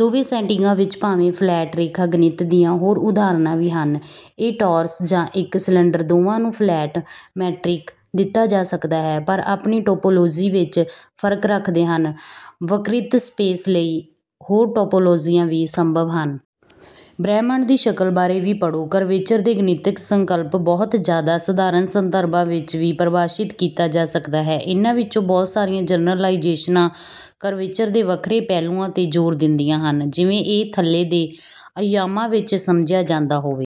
ਦੋਵੇਂ ਸੈਟਿੰਗਾਂ ਵਿੱਚ ਭਾਵੇਂ ਫਲੈਟ ਰੇਖਾ-ਗਣਿਤ ਦੀਆਂ ਹੋਰ ਉਦਾਹਰਨਾਂ ਵੀ ਹਨ। ਇੱਕ ਟੌਰਸ ਜਾਂ ਇੱਕ ਸਿਲੰਡਰ ਦੋਵਾਂ ਨੂੰ ਫਲੈਟ ਮੈਟ੍ਰਿਕ ਦਿੱਤਾ ਜਾ ਸਕਦਾ ਹੈ, ਪਰ ਆਪਣੀ ਟੌਪੌਲੌਜੀ ਵਿੱਚ ਫਰਕ ਰੱਖਦੇ ਹਨ। ਵਕਰਿਤ ਸਪੇਸ ਲਈ ਹੋਰ ਟੌਪੌਲੌਜੀਆਂ ਵੀ ਸੰਭਵ ਹਨ। ਬ੍ਰਹਿਮੰਡ ਦੀ ਸ਼ਕਲ ਬਾਰੇ ਵੀ ਪੜ੍ਹੋ। ਕਰਵੇਚਰ ਦਾ ਗਣਿਤਿਕ ਸੰਕਲਪ ਬਹੁਤ ਜ਼ਿਆਦਾ ਸਧਾਰਨ ਸੰਦਰਭਾਂ ਵਿੱਚ ਵੀ ਪਰਿਭਾਸ਼ਿਤ ਕੀਤਾ ਜਾ ਸਕਦਾ ਹੈ। ਇਨ੍ਹਾਂ ਵਿੱਚੋਂ ਬਹੁਤ ਸਾਰੀਆਂ ਜਨਰਲਾਈਜ਼ੇਸ਼ਨਾਂ ਕਰਵੇਚਰ ਦੇ ਵੱਖਰੇ ਪਹਿਲੂਆਂ 'ਤੇ ਜ਼ੋਰ ਦਿੰਦੀਆਂ ਹਨ ਜਿਵੇਂ ਇਹ ਥੱਲੇ ਦੇ ਅਯਾਮਾਂ ਵਿੱਚ ਸਮਝਿਆ ਜਾਂਦਾ ਹੋਵੇ।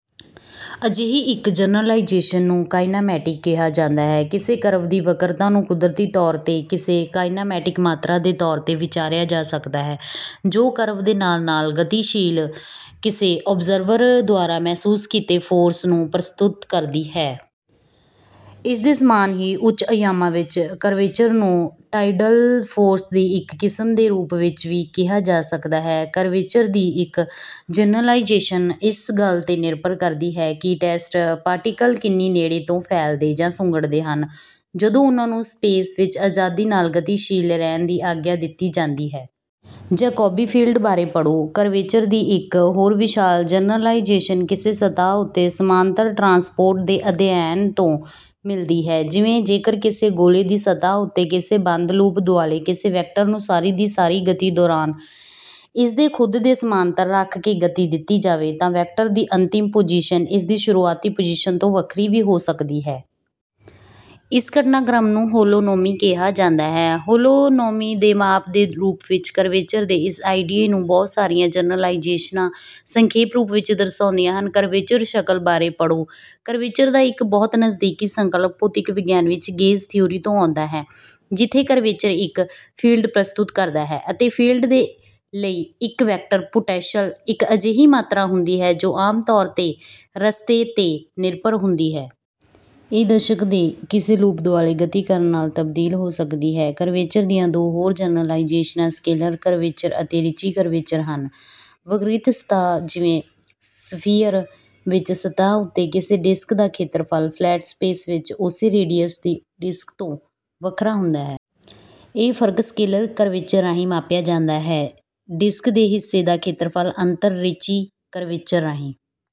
ਅਜਿਹੀ ਇੱਕ ਜਨਰਲਾਈਜ਼ੇਸ਼ਨ ਨੂੰ ਕਾਇਨੈਮੈਟਿਕ ਕਿਹਾ ਜਾਂਦਾ ਹੈ। ਕਿਸੇ ਕਰਵ ਦੀ ਵਕਰਤਾ ਨੂੰ ਕੁਦਰਤੀ ਤੌਰ 'ਤੇ ਕਿਸੇ ਕਾਇਨੈਮੈਟਿਕ ਮਾਤਰਾ ਦੇ ਤੌਰ 'ਤੇ ਵਿਚਾਰਿਆ ਜਾ ਸਕਦਾ ਹੈ, ਜੋ ਕਰਵ ਦੇ ਨਾਲ-ਨਾਲ ਗਤੀਸ਼ੀਲ ਕਿਸੇ ਔਬਜ਼ਰਵਰ ਦੁਆਰਾ ਮਹਿਸੂਸ ਕੀਤੇ ਫੋਰਸ ਨੂੰ ਪ੍ਰਸਤੁਤ ਕਰਦੀ ਹੈ। ਇਸਦੇ ਸਮਾਨ ਹੀ, ਉੱਚ-ਅਯਾਮਾਂ ਵਿੱਚ ਕਰਵੇਚਰ ਨੂੰ ਟਾਈਡਲ ਫੋਰਸ ਦੀ ਇੱਕ ਕਿਸਮ ਦੇ ਰੂਪ ਵਿੱਚ ਵੀ ਕਿਹਾ ਜਾ ਸਕਦਾ ਹੈ। ਕਰਵੇਚਰ ਦੀ ਇਹ ਜਨਰਲਾਈਜ਼ੇਸ਼ਨ ਇਸ ਗੱਲ 'ਤੇ ਨਿਰਭਰ ਕਰਦੀ ਹੈ ਕਿ ਟੈਸਟ ਪਾਰਟੀਕਲ ਕਿੰਨੀ ਨੇੜੇ ਤੋਂ ਫੈਲਦੇ ਜਾਂ ਸੁੰਗੜਦੇ ਹਨ ਜਦੋਂ ਉਨ੍ਹਾਂ ਨੂੰ ਸਪੇਸ ਵਿੱਚ ਅਜ਼ਾਦੀ ਨਾਲ ਗਤੀਸ਼ੀਲ ਰਹਿਣ ਦੀ ਆਗਿਆ ਦਿੱਤੀ ਜਾਂਦੀ ਹੈ। ਜੈਕੋਬੀ ਫੀਲਡ ਬਾਰੇ ਪੜ੍ਹੋ। ਕਰਵੇਚਰ ਦੀ ਇੱਕ ਹੋਰ ਵਿਸ਼ਾਲ ਜਨਰਲਾਈਜ਼ੇਸ਼ਨ ਕਿਸੇ ਸਤਹਿ ਉੱਤੇ ਸਮਾਂਤਰ ਟਰਾਂਸਪੋਰਟ ਦੇ ਅਧਿਐਨ ਤੋਂ ਮਿਲਦੀ ਹੈ। ਜਿਵੇਂ, ਜੇਕਰ ਕਿਸੇ ਗੋਲੇ ਦੀ ਸਤਹਿ ਉੱਤੇ ਕਿਸੇ ਬੰਦ ਲੂਪ ਦੁਆਲੇ ਕਿਸੇ ਵੈਕਟਰ ਨੂੰ ਸਾਰੀ ਦੀ ਸਾਰੀ ਗਤੀ ਦੌਰਾਨ ਇਸਦੇ ਖੁਦ ਦੇ ਸਮਾਂਤਰ ਰੱਖ ਕੇ ਗਤੀ ਦਿੱਤੀ ਜਾਵੇ, ਤਾਂ ਵੈਕਟਰ ਦੀ ਅੰਤਿਮ ਪੁਜੀਸ਼ਨ ਇਸਦੀ ਸ਼ੁਰੂਆਤੀ ਪੁਜੀਸ਼ਨ ਤੋਂ ਵੱਖਰੀ ਵੀ ਹੋ ਸਕਦੀ ਹੈ। ਇਸ ਘਟਨਾਕ੍ਰਮ ਨੂੰ ਹੋਲੋਨੋਮੀ ਕਿਹਾ ਜਾਂਦਾ ਹੈ। ਹੋਲੋਨੋਮੀ ਦੇ ਮਾਪ ਦੇ ਰੂਪ ਵਿੱਚ ਕਰਵੇਚਰ ਦੇ ਇਸ ਆਈਡੀਏ ਨੂੰ ਬਹੁਤ ਸਾਰੀਆਂ ਜਨਰਲਾਈਜ਼ੇਸ਼ਨਾਂ ਸੰਖੇਪ ਰੂਪ ਵਿੱਚ ਦਰਸਾਉਂਦੀਆਂ ਹਨ। ਕਰਵੇਚਰ ਸ਼ਕਲ ਬਾਰੇ ਪੜ੍ਹੋ। ਕਰਵੇਚਰ ਦਾ ਇੱਕ ਬਹੁਤ ਨਜ਼ਦੀਕੀ ਸੰਕਲਪ ਭੌਤਿਕ ਵਿਗਿਆਨ ਵਿੱਚ ਗੇਜ ਥਿਊਰੀ ਤੋਂ ਆਉਂਦਾ ਹੈ, ਜਿੱਥੇ ਕਰਵੇਚਰ ਇੱਕ ਫੀਲਡ ਪ੍ਰਸਤੁਤ ਕਰਦਾ ਹੈ ਅਤੇ ਫੀਲਡ ਦੇ ਲਈ ਇੱਕ ਵੈਕਟਰ ਪੁਟੈਂਸ਼ਲ ਇੱਕ ਅਜਿਹੀ ਮਾਤਰਾ ਹੁੰਦੀ ਹੈ ਜੋ ਆਮ ਤੌਰ 'ਤੇ ਰਸਤੇ 'ਤੇ ਨਿਰਭਰ ਹੁੰਦੀ ਹੈ। ਇਹ ਦਰਸ਼ਕ ਦੇ ਕਿਸੇ ਲੂਪ ਦੁਆਲੇ ਗਤੀ ਕਰਨ ਨਾਲ ਤਬਦੀਲ ਹੋ ਸਕਦੀ ਹੈ। ਕਰਵੇਚਰ ਦੀਆਂ ਦੋ ਹੋਰ ਜਨਰਲਾਈਜ਼ੇਸ਼ਨਾਂ ਸਕੇਲਰ ਕਰਵੇਚਰ ਅਤੇ ਰਿੱਚੀ ਕਰਵੇਚਰ ਹਨ। ਵਕਰਿਤ ਸਤਹਿ ਜਿਵੇਂ ਸਫੀਅਰ ਵਿੱਚ, ਸਤਹਿ ਉੱਤੇ ਕਿਸੇ ਡਿਸਕ ਦਾ ਖੇਤਰਫਲ, ਫਲੈਟ ਸਪੇਸ ਵਿੱਚ ਉਸੇ ਰੇਡੀਅਸ ਦੀ ਡਿਸਕ ਤੋਂ ਵੱਖਰਾ ਹੁੰਦਾ ਹੈ। ਇਹ ਫਰਕ ਸਕੇਲਰ ਕਰਵੇਚਰ ਰਾਹੀਂ ਮਾਪਿਆ ਜਾਂਦਾ ਹੈ। ਡਿਸਕ ਦੇ ਹਿੱਸੇ ਦਾ ਖੇਤਰਫਲ ਅੰਤਰ ਰਿੱਚੀ ਕਰਵੇਚਰ ਰਾਹੀਂ